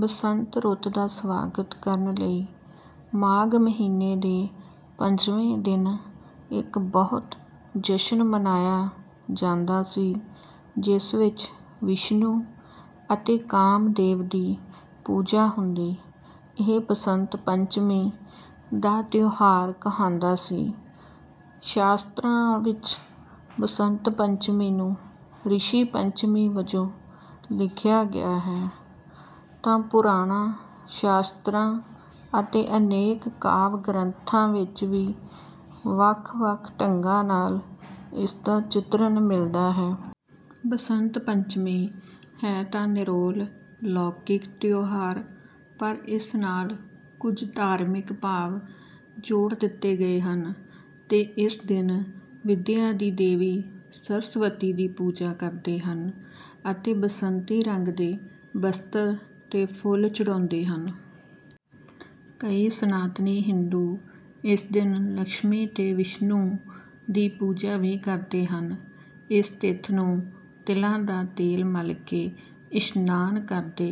ਬਸੰਤ ਰੁੱਤ ਦਾ ਸਵਾਗਤ ਕਰਨ ਲਈ ਮਾਘ ਮਹੀਨੇ ਦੇ ਪੰਜਵੇਂ ਦਿਨ ਇੱਕ ਬਹੁਤ ਜਸ਼ਨ ਮਨਾਇਆ ਜਾਂਦਾ ਸੀ ਜਿਸ ਵਿੱਚ ਵਿਸ਼ਨੂੰ ਅਤੇ ਕਾਮਦੇਵ ਦੀ ਪੂਜਾ ਹੁੰਦੀ, ਇਹ ਬਸੰਤ ਪੰਚਮੀ ਦਾ ਤਿਉਹਾਰ ਕਹਾਂਦਾ ਸੀ। ਸ਼ਾਸਤਰਾਂ ਵਿੱਚ ਬਸੰਤ ਪੰਚਮੀ ਨੂੰ ਰਿਸ਼ੀ ਪੰਚਮੀ ਵਜੋਂ ਲਿਖਿਆ ਗਿਆ ਹੈ, ਤਾਂ ਪੁਰਾਣਾਂ ਸ਼ਾਸਤਰਾਂ ਅਤੇ ਅਨੇਕ ਕਾਵਿ-ਗਰੰਥਾਂ ਵਿੱਚ ਵੀ ਵੱਖ ਵੱਖ ਢੰਗਾਂ ਨਾਲ ਇਸਦਾ ਚਿਤਰਣ ਮਿਲਦਾ ਹੈ। ਬਸੰਤ ਪੰਚਮੀ ਹੈ ਤਾਂ ਨਿਰੋਲ ਲੌਕਿਕ ਤਿਉਹਾਰ ਪਰ ਇਸ ਨਾਲ ਕੁੱਝ ਧਾਰਮਿਕ ਭਾਵ ਜੋੜ ਦਿੱਤੇ ਗਏ ਹਨ ਤੇ ਇਸ ਦਿਨ ਵਿੱਦਿਆ ਦੀ ਦੇਵੀ ਸਰਸਵਤੀ ਦੀ ਪੂਜਾ ਕਰਦੇ ਹਨ ਅਤੇ ਬਸੰਤੀ ਰੰਗ ਦੇ ਬਸਤਰ ਤੇ ਫੁੱਲ ਚੜ੍ਹਾਉਂਦੇ ਹਨ। ਕਈ ਸਨਾਤਨੀ ਹਿੰਦੂ ਇਸ ਦਿਨ ਲਕਸ਼ਮੀ ਤੇ ਵਿਸ਼ਨੂੰ ਦੀ ਪੂਜਾ ਵੀ ਕਰਦੇ ਹਨ। ਇਸ ਤਿੱਥ ਨੂੰ ਤਿਲਾਂ ਦਾ ਤੇਲ ਮਲ ਕੇ ਇਸ਼ਨਾਨ ਕਰਦੇ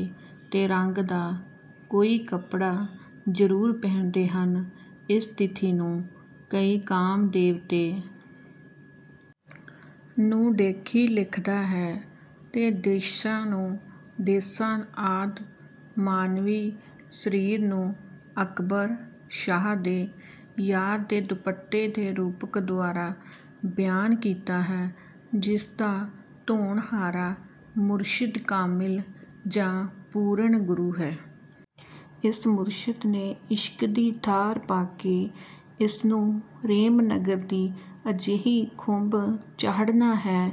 ਤੇ ਰੰਗ ਦਾ ਕੋਈ ਕੱਪੜਾ ਜ਼ਰੂਰ ਪਹਿਨਦੇ ਹਨ। ਇਸ ਤਿਥੀ ਨੂੰ ਕਈ ਕਾਮਦੇਵ ਤੇ। ਨੂੰ 'ਡੇਖੀ ਲਿਖਦਾ ਹੈ ਤੇ 'ਦੇਸ਼ਾਂ ਨੂੰ 'ਡੇਸਾਂ ਆਦਿ ਮਾਨਵੀ ਸ੍ਰੀਰ ਨੂੰ ਅਕਬਰ ਸ਼ਾਹ ਦੇ ਯਾਰ ਦੇ ਦੁੱਪਟੇ ਦੇ ਰੂਪਕ ਦੁਆਰਾ ਬਿਆਨ ਕੀਤਾ ਹੈ ਜਿਸ ਦਾ ਧੋਣਹਾਰਾ ਮੁਰਸ਼ਿਦ ਕਾਮਿਲ ਜਾਂ ਪੂਰਣ ਗੁਰੂ ਹੈ। ਇਸ ਮੁਰਸ਼ਦ ਨੇ ਇਸ਼ਕ ਦੀ ਥਾਰ ਪਾ ਕੇ ਇਸ ਨੂੰ ਰੇਮ-ਨਗਰ ਦੀ ਅਜਿਹੀ ਖੁੰਬ ਚਾੜ੍ਹਨਾ ਹੈੇ।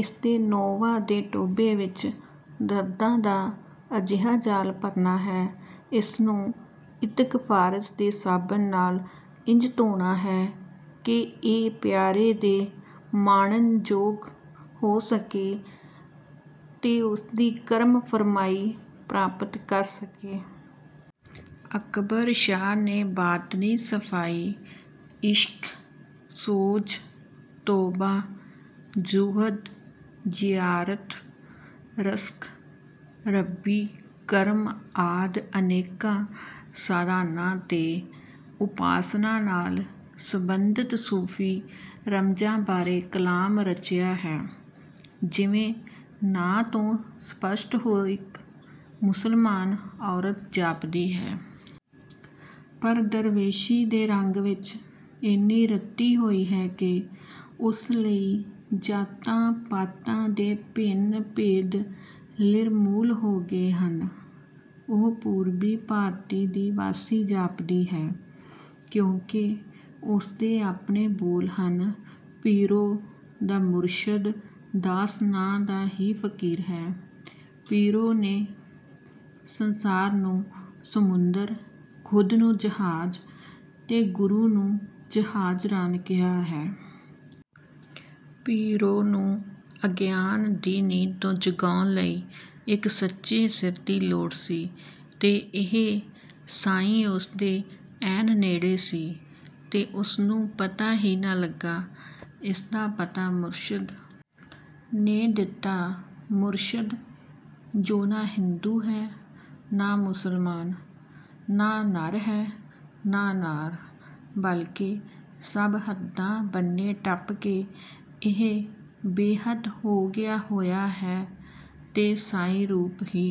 ਇਸ ਦੇ ਨੋਵਾਂ ਦੇ ਟੌਭੇ ਵਿਚ ਦਰਦਾਂ ਦਾ ਅਜਿਹਾ ਜਾਲ ਭਰਨਾ ਹੈ। ਇਸ ਨੂੰ ਇਤਗਫਾਰਜ ਦੇ ਸਾਬਣ ਨਾਲ ਇੰਜ਼ ਧੋਣਾ ਹੈ ਕਿ ਇ ਪਿਆਰੇ ਦੇ ਮਾਣਨ ਯੋਗ ਹੋ ਸਕੇ ਤੇ ਉਸ ਦੀ ਕਰਮ ਫਰਮਾਈ ਪ੍ਰਾਪਤ ਕਰ ਸਕੇ। ਅਕਬਰ ਸ਼ਾਹ ਨੇ ਬਾਤਨੀ ਸਫਾਈ, ਇਸ਼ਕ, ਸੋਜ਼, ਤੋਬਾ, ਜ਼ੁੂਹਦ, ਜਿਆਰਤ, ਰਸਕ, ਰੱਬੀ, ਕਰਮ ਆਦਿ ਅਨੇਕਾ ਸਾਧਾਨਾ ਤੇ ਉਪਾਸਨਾ ਨਾਲ ਸੰਬੰਧਿਤ ਸੂਫ਼ੀ ਰਮਜਾਂ ਬਾਰੇ ਕਲਾਮ ਰਚਿਆ ਹੈ। ਜਿਵੇਂ ਨਾਂ ਤੋਂ ਸਪੱਸ਼ਟ ਹੋ ਇਕ ਮੁਸਲਮਾਨ ਔਰਤ ਜਾਪਦੀ ਹੈ। ਪਰ ਦਰਵੇਸ਼ੀ ਦੇ ਰੰਗ ਵਿਚ ਏਨੀ ਰੱਤੀ ਹੋਈ ਹੈ ਕਿ ਉਸ ਲਈ ਜਾਤਾਂ ਪਾਤਾਂ ਦੇ ਭਿੰਨ ਭੇਦ ਲਿਰਮੂਲ ਹੋ ਗਏ ਹਨ। ਉਹ ਪੂਰਬੀ ਭਾਰਤੀ ਦੀ ਵਾਸੀ ਜਾਪਦੀ ਹੈ ਕਿਉਂਕਿ ਉਸ ਦੇ ਆਪਣੇ ਬੋਲ ਹਨ: ਪੀਰੋ ਦਾ ਮੁਰਸ਼ਦ ਦਾਸ ਨਾਂ ਦਾ ਹੀ ਫਕੀਰ ਹੈ ਪੀਰੋ ਨੇ ਸੰਸਾਰ ਨੂੰ ਸਮੁੰਦਰ, ਖੁਦ ਨੂੰ ਜਹਾਜ ਤੇ ਗੁਰੂ ਨੂੰ ਜਹਾਜ਼ਰਾਨ ਕਿਹਾ ਹੈ। ਪੀਰੋ ਨੂੰ ਅਗਿਆਨ ਦੀ ਨੀਂਦ ਤੋਂ ਜਗਾਉਣ ਲਈ ਇੱਕ ਸੱਚੇ ਸਿਰ ਦੀ ਲੋੜ ਸੀ। ਤੇ ਇਹ ਸਾਂਈ ਉਸ ਦੇ ਐਨ ਨੇੜੇ ਸੀ ਤੇ ਉਸ ਨੂੰ ਪਤਾ ਹੀ ਨਾ ਲੱਗਾ। ਇਸ ਦਾ ਪਤਾ ਮੁਰਸ਼ਦ ਨੇ ਦਿੱਤਾ, ਮੁਰਸ਼ਦ ਜੋ ਨਾ ਹਿੰਦੂ ਹੈ ਨਾ ਮੁਸਲਮਾਨ, ਨਾ ਨਰ ਹੈ, ਨਾ ਨਾਰ, ਬਲਕਿ ਸਭ ਹੱਦਾਂ ਬੰਨੇ ਟੱਪ ਕੇ ਇਹ ਬੇਹੱਦ ਹੋ ਗਿਆ ਹੋਇਆ ਹੈ ਤੇ ਸਾਈ ਰੂਪ ਹੀ